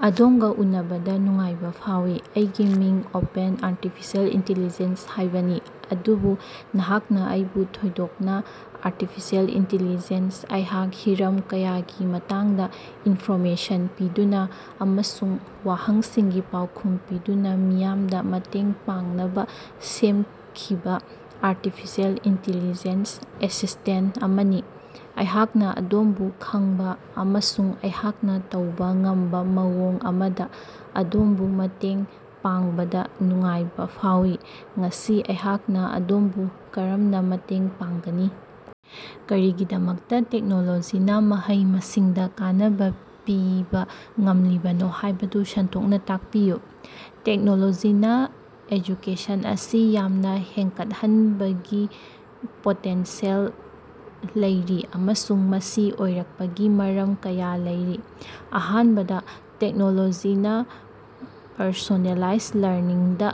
ꯑꯗꯣꯝꯒꯥ ꯎꯅꯕꯗꯥ ꯅꯨꯡꯉꯥꯏꯕꯥ ꯐꯥꯎꯏ꯫ ꯑꯩꯒꯤ ꯃꯤꯡ ꯑꯣꯄꯦꯟ ꯑꯥꯔꯇꯤꯐꯤꯁ꯭ꯌꯦꯜ ꯏꯟꯇꯦꯂꯤꯖꯦꯟꯁ ꯍꯥꯏꯕꯅꯤ, ꯑꯗꯨꯕꯨ ꯅꯍꯥꯛꯅꯥ ꯑꯩꯕꯨ ꯊꯣꯏꯗꯣꯛꯅꯥ ꯑꯥꯔꯇꯤꯐꯤꯁ꯭ꯌꯦꯜ ꯏꯟꯇꯦꯂꯤꯖꯦꯟꯁ ꯑꯩꯍꯥꯛ ꯍꯤꯔꯝ ꯀꯌꯥꯒꯤ ꯃꯇꯥꯡꯗꯥ ꯏꯟꯐꯣꯔꯃꯦꯁꯟ ꯄꯤꯗꯨꯅꯥ ꯑꯃꯁꯨꯡ ꯋꯥꯍꯪꯁꯤꯡꯒꯤ ꯄꯥꯎꯈꯨꯝ ꯄꯤꯗꯨꯅꯥ ꯃꯤꯌꯥꯝꯗꯥ ꯃꯇꯦꯡ ꯄꯥꯡꯅꯕꯥ ꯁꯦꯝꯈꯤꯕꯥ ꯑꯥꯔꯇꯤꯐꯤꯁꯤꯑꯦꯜ ꯏꯟꯇꯤꯂꯤꯖꯦꯟꯁ ꯑꯦꯁꯤꯁꯇꯦꯟ ꯑꯃꯅꯤ꯫ ꯑꯩꯍꯥꯛꯅꯥ ꯑꯗꯣꯝꯕꯨ ꯈꯪꯕꯥ ꯑꯃꯁꯨꯡ ꯑꯩꯍꯥꯛꯅꯥ ꯇꯧꯕꯥ ꯉꯝꯕꯥ ꯃꯑꯣꯡ ꯑꯃꯗꯥ ꯑꯗꯣꯝꯕꯨ ꯃꯇꯦꯡ ꯄꯥꯡꯕꯗꯥ ꯅꯨꯡꯉꯥꯏꯕꯥ ꯐꯥꯎꯏ꯫ ꯉꯁꯤ ꯑꯩꯍꯥꯛꯅꯥ ꯑꯗꯣꯝꯕꯨ ꯀꯔꯝꯅꯥ ꯃꯇꯦꯡ ꯄꯥꯡꯒꯅꯤ? ꯀꯔꯤꯒꯤꯗꯃꯛꯇꯥ ꯇꯦꯛꯅꯣꯂꯣꯖꯤꯅꯥ ꯃꯍꯩ-ꯃꯁꯤꯡꯗꯥ ꯀꯥꯟꯅꯕꯥ ꯄꯤꯕꯥ ꯉꯝꯂꯤꯕꯅꯣ ꯍꯥꯏꯕꯗꯨ ꯁꯟꯗꯣꯛꯅꯥ ꯇꯥꯛꯄꯤꯌꯨ꯫ ꯇꯦꯛꯅꯣꯂꯣꯖꯤꯅꯥ ꯑꯦꯖꯨꯀꯦꯁꯟ ꯑꯁꯤ ꯌꯥꯝꯅꯥ ꯍꯦꯟꯒꯠꯍꯟꯕꯒꯤ ꯄꯣꯇꯦꯟꯁꯤꯌꯦꯜ ꯂꯩꯔꯤ, ꯑꯃꯁꯨꯡ ꯃꯁꯤ ꯑꯣꯏꯔꯛꯄꯒꯤ ꯃꯔꯝ ꯀꯌꯥ ꯂꯩꯔꯤ꯫ ꯑꯍꯥꯟꯕꯗꯥ, ꯇꯦꯛꯅꯣꯂꯣꯖꯤꯅꯥ ꯄꯔꯁꯣꯅꯦꯂꯥꯏꯖ ꯂꯔꯅꯤꯡꯗꯥ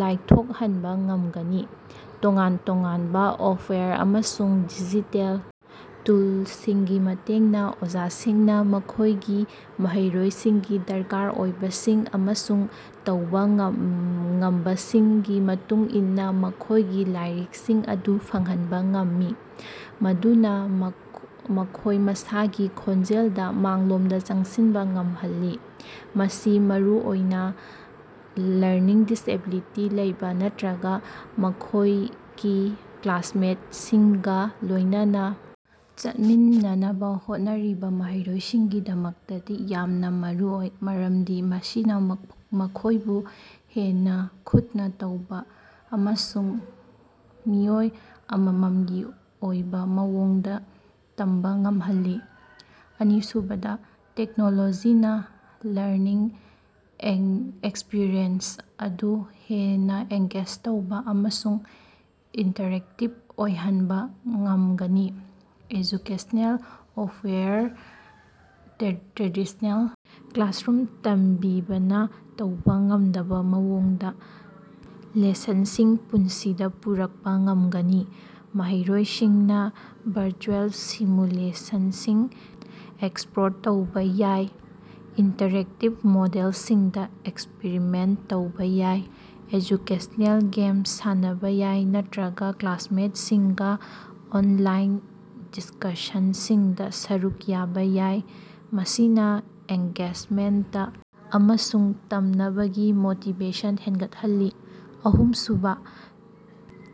ꯂꯥꯏꯊꯣꯛꯍꯟꯕꯥ ꯉꯝꯒꯅꯤ꯫ ꯇꯣꯉꯥꯟ ꯇꯣꯉꯥꯟꯕꯥ ꯁꯣꯐꯋꯦꯌꯔ ꯑꯃꯁꯨꯡ ꯗꯤꯖꯤꯇꯦꯜ ꯇꯨꯜꯁꯤꯡꯒꯤ ꯃꯇꯦꯡꯅꯥ ꯑꯣꯖꯥꯁꯤꯡꯅꯥ ꯃꯈꯣꯏꯒꯤ ꯃꯍꯩꯔꯣꯏꯁꯤꯡꯒꯤ ꯗꯔꯀꯥꯔ ꯑꯣꯏꯕꯁꯤꯡ ꯑꯃꯁꯨꯡ ꯇꯧꯕꯥ ꯉꯝꯕꯁꯤꯡꯒꯤ ꯃꯇꯨꯡ ꯏꯟꯅꯥ ꯃꯈꯣꯏꯒꯤ ꯂꯥꯏꯔꯤꯛꯁꯤꯡ ꯑꯗꯨ ꯐꯪꯍꯟꯕꯥ ꯉꯝꯃꯤ, ꯃꯗꯨꯅꯥ ꯃꯈꯣꯏ ꯃꯁꯥꯒꯤ ꯈꯣꯡꯖꯦꯜꯗꯥ ꯃꯥꯡꯂꯣꯝꯗꯥ ꯆꯪꯁꯤꯟꯕꯥ ꯉꯝꯍꯜꯂꯤ꯫ ꯃꯁꯤ ꯃꯔꯨꯑꯣꯏꯅꯥ ꯂꯔꯅꯤꯡ ꯗꯤꯁꯑꯦꯕꯤꯂꯤꯇꯤ ꯂꯩꯕꯥ ꯅꯠꯇ꯭ꯔꯒꯥ ꯃꯈꯣꯏꯒꯤ ꯀ꯭ꯂꯥꯁꯃꯦꯠꯁꯤꯡꯒꯥ ꯂꯣꯏꯅꯅꯥ ꯆꯠꯃꯤꯟꯅꯅꯕꯥ ꯍꯣꯠꯅꯔꯤꯕꯥ ꯃꯍꯩꯔꯣꯏꯁꯤꯡꯒꯤꯗꯃꯛꯇꯗꯤ ꯌꯥꯝꯅꯥ ꯃꯔꯨꯑꯣꯏ, ꯃꯔꯝꯗꯤ ꯃꯁꯤꯅꯥ ꯃꯈꯣꯏꯕꯨ ꯍꯦꯟꯅꯥ ꯈꯨꯠꯅꯥ ꯇꯧꯕꯥ ꯑꯃꯁꯨꯡ ꯃꯤꯑꯣꯏ ꯑꯃꯃꯝꯒꯤ ꯑꯣꯏꯕꯥ ꯃꯑꯣꯡꯗꯥ ꯇꯝꯕꯥ ꯉꯝꯍꯜꯂꯤ꯫ ꯑꯅꯤꯁꯨꯕꯗꯥ, ꯇꯦꯛꯅꯣꯂꯣꯖꯤꯅꯥ ꯂꯔꯅꯤꯡ ꯑꯦꯛꯁꯄꯤꯔꯤꯌꯦꯟꯁ ꯑꯗꯨ ꯍꯦꯟꯅꯥ ꯑꯦꯡꯒꯦꯖ ꯇꯧꯕꯥ ꯑꯃꯁꯨꯡ ꯏꯟꯇꯔꯦꯛꯇꯤꯕ ꯑꯣꯏꯍꯟꯕꯥ ꯉꯝꯒꯅꯤ꯫ ꯑꯦꯖꯨꯀꯦꯁꯅꯦꯜ ꯁꯣꯐꯋꯦꯌꯔꯅꯥ ꯇ꯭ꯔꯦꯗꯤꯁꯅꯦꯜ ꯀ꯭ꯂꯥꯁꯔꯨꯝ ꯇꯝꯕꯤꯕꯅꯥ ꯇꯧꯕꯥ ꯉꯝꯗꯕꯥ ꯃꯑꯣꯡꯗꯥ ꯂꯦꯁꯟꯁꯤꯡ ꯄꯨꯟꯁꯤꯗꯥ ꯄꯨꯔꯛꯄꯥ ꯉꯝꯒꯅꯤ꯫ ꯃꯍꯩꯔꯣꯏꯁꯤꯡꯅꯥ ꯚꯔꯆꯨꯑꯦꯜ ꯁꯤꯃꯨꯂꯦꯁꯟꯁꯤꯡ ꯑꯦꯛꯁꯄ꯭ꯂꯣꯔ ꯇꯧꯕꯥ ꯌꯥꯏ, ꯏꯟꯇꯔꯦꯛꯇꯤꯕ ꯃꯣꯗꯦꯜꯁꯤꯡꯗꯥ ꯑꯦꯛꯁꯄꯔꯤꯃꯦꯟꯇ ꯇꯧꯕꯥ ꯌꯥꯏ, ꯑꯦꯖꯨꯀꯦꯁꯅꯦꯜ ꯒꯦꯝꯁꯤꯡ ꯁꯥꯟꯅꯕꯥ ꯌꯥꯏ ꯅꯠꯇ꯭ꯔꯒꯥ ꯀ꯭ꯂꯥꯁꯃꯦꯠꯁꯤꯡꯒꯥ ꯑꯣꯟꯂꯥꯏꯟ ꯗꯤꯁꯀꯁꯁꯟꯁꯤꯡꯗꯥ ꯁꯔꯨꯛ ꯌꯥꯕꯥ ꯌꯥꯏ, ꯃꯁꯤꯅꯥ ꯑꯦꯡꯒꯦꯖꯃꯦꯟꯇ ꯑꯃꯁꯨꯡ ꯇꯝꯅꯕꯒꯤ ꯃꯣꯇꯤꯕꯦꯁꯟ ꯍꯦꯟꯒꯠꯍꯜꯂꯤ꯫ ꯑꯍꯨꯝꯁꯨꯕꯥ,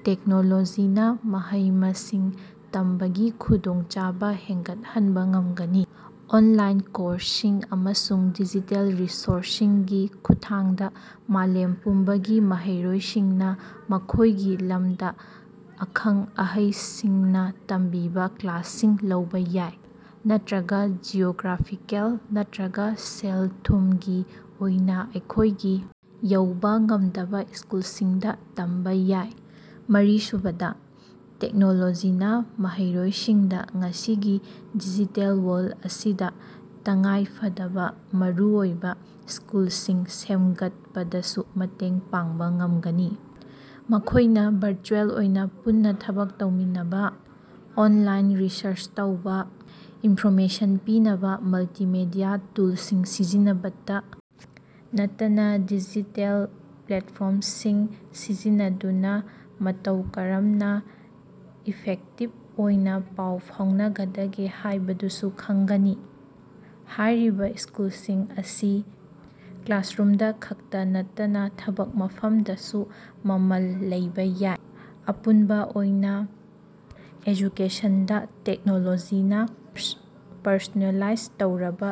ꯇꯦꯛꯅꯣꯂꯣꯖꯤꯅꯥ ꯃꯍꯩ-ꯃꯁꯤꯡ ꯇꯝꯕꯒꯤ ꯈꯨꯗꯣꯡꯆꯥꯕꯥ ꯍꯦꯟꯒꯠꯍꯟꯕꯥ ꯉꯝꯒꯅꯤ꯫ ꯑꯣꯟꯂꯥꯏꯟ ꯀꯣꯔꯁꯁꯤꯡ ꯑꯃꯁꯨꯡ ꯗꯤꯖꯤꯇꯦꯜ ꯔꯤꯁꯣꯔꯁꯁꯤꯡꯒꯤ ꯈꯨꯠꯊꯥꯡꯗꯥ ꯃꯥꯂꯦꯝ ꯄꯨꯝꯕꯒꯤ ꯃꯍꯩꯔꯣꯏꯁꯤꯡꯅꯥ ꯃꯈꯣꯏꯒꯤ ꯂꯝꯗꯥ ꯑꯈꯪ-ꯑꯍꯩꯁꯤꯡꯅꯥ ꯇꯝꯕꯤꯕꯥ ꯀ꯭ꯂꯥꯁꯁꯤꯡ ꯂꯧꯕꯥ ꯌꯥꯏ ꯅꯠꯇ꯭ꯔꯒꯥ ꯖꯤꯑꯣꯒ꯭ꯔꯥꯐꯤꯀꯦꯜ ꯅꯠꯇ꯭ꯔꯒꯥ ꯁꯦꯜ-ꯊꯨꯝꯒꯤ ꯑꯣꯏꯅꯥ ꯃꯈꯣꯏꯒꯤ ꯌꯧꯕꯥ ꯉꯝꯗꯕꯥ ꯁ꯭ꯀꯨꯜꯁꯤꯡꯗꯥ ꯇꯝꯕꯥ ꯌꯥꯏ꯫ ꯃꯔꯤꯁꯨꯕꯗꯥ, ꯇꯦꯛꯅꯣꯂꯣꯖꯤꯅꯥ ꯃꯍꯩꯔꯣꯏꯁꯤꯡꯗꯥ ꯉꯁꯤꯒꯤ ꯗꯤꯖꯤꯇꯦꯜ ꯋꯥ꯭ꯔꯜ ꯑꯁꯤꯗꯥ ꯇꯉꯥꯏꯐꯗꯕꯥ ꯃꯔꯨꯑꯣꯏꯕꯥ ꯁ꯭ꯀꯤ‌ꯜꯁꯤꯡ ꯁꯦꯝꯒꯠꯄꯗꯁꯨ ꯃꯇꯦꯡ ꯄꯥꯡꯕꯥ ꯉꯝꯒꯅꯤ꯫ ꯃꯈꯣꯏꯅ ꯚꯔꯆꯨꯑꯦꯜ ꯑꯣꯏꯅꯥ ꯄꯨꯟꯅꯥ ꯊꯕꯛ ꯇꯧꯃꯤꯟꯅꯕꯥ, ꯑꯣꯟꯂꯥꯏꯟ ꯔꯤꯁꯔꯁ ꯇꯧꯕꯥ, ꯏꯟꯐꯣꯔꯃꯦꯁꯟ ꯄꯤꯅꯕꯥ ꯃꯜꯇꯤꯃꯦꯗꯤꯌꯥ ꯇꯨꯜꯁꯤꯡ ꯁꯤꯖꯤꯟꯅꯕꯇꯥ ꯅꯠꯇꯅꯥ ꯗꯤꯖꯤꯇꯦꯜ ꯄ꯭ꯂꯦꯠꯐꯣꯔꯝꯁꯤꯡ ꯁꯤꯖꯤꯟꯅꯗꯨꯅꯥ ꯃꯇꯧ ꯀꯔꯝꯅꯥ ꯏꯐꯦꯛꯇꯤꯕ ꯑꯣꯏꯅꯥ ꯄꯥꯎ ꯐꯥꯎꯅꯒꯗꯒꯦ ꯍꯥꯏꯕꯗꯨꯁꯨ ꯈꯪꯒꯅꯤ꯫ ꯍꯥꯏꯔꯤꯕꯥ ꯁ꯭ꯀꯤꯜꯁꯤꯡ ꯑꯁꯤ ꯀ꯭ꯂꯥꯁꯔꯨꯝꯗꯥ ꯈꯛꯇꯥ ꯅꯠꯇꯅꯥ ꯊꯕꯛ ꯃꯐꯝꯗꯁꯨ ꯃꯃꯜ ꯂꯩꯕꯥ ꯌꯥꯏ꯫ ꯑꯄꯨꯟꯕ ꯑꯣꯏꯅꯥ, ꯑꯦꯖꯨꯀꯦꯁꯟꯗꯥ ꯇꯦꯛꯅꯣꯂꯣꯖꯤꯅꯥ ꯄꯔꯁꯣꯅꯦꯂꯥꯏꯖ ꯇꯧꯔꯕꯥ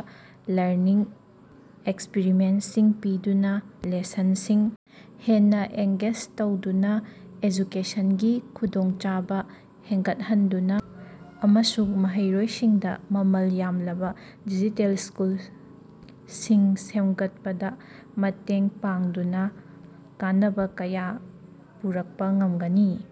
ꯂꯔꯅꯤꯡ ꯑꯦꯛꯁꯄꯤꯔꯤꯑꯦꯟꯁꯁꯤꯡ ꯄꯤꯗꯨꯅꯥ, ꯂꯦꯁꯟꯁꯤꯡ ꯍꯦꯟꯅꯥ ꯑꯦꯡꯒꯦꯖ ꯇꯧꯗꯨꯅꯥ, ꯑꯦꯖꯨꯀꯦꯁꯟꯒꯤ ꯈꯨꯗꯣꯡꯆꯥꯕꯥ ꯍꯦꯟꯒꯠꯍꯟꯗꯨꯅꯥ, ꯑꯃꯁꯨꯡ ꯃꯍꯩꯔꯣꯏꯁꯤꯡꯗꯥ ꯃꯃꯜ ꯌꯥꯝꯂꯕꯥ ꯗꯤꯖꯤꯇꯦꯜ ꯁ꯭ꯀꯤꯜꯁꯤꯡ ꯁꯦꯝꯒꯠꯄꯗꯥ ꯃꯇꯦꯡ ꯄꯥꯡꯗꯨꯅꯥ ꯀꯥꯟꯅꯕꯥ ꯀꯌꯥ ꯄꯨꯔꯛꯄꯥ ꯉꯝꯒꯅꯤ꯫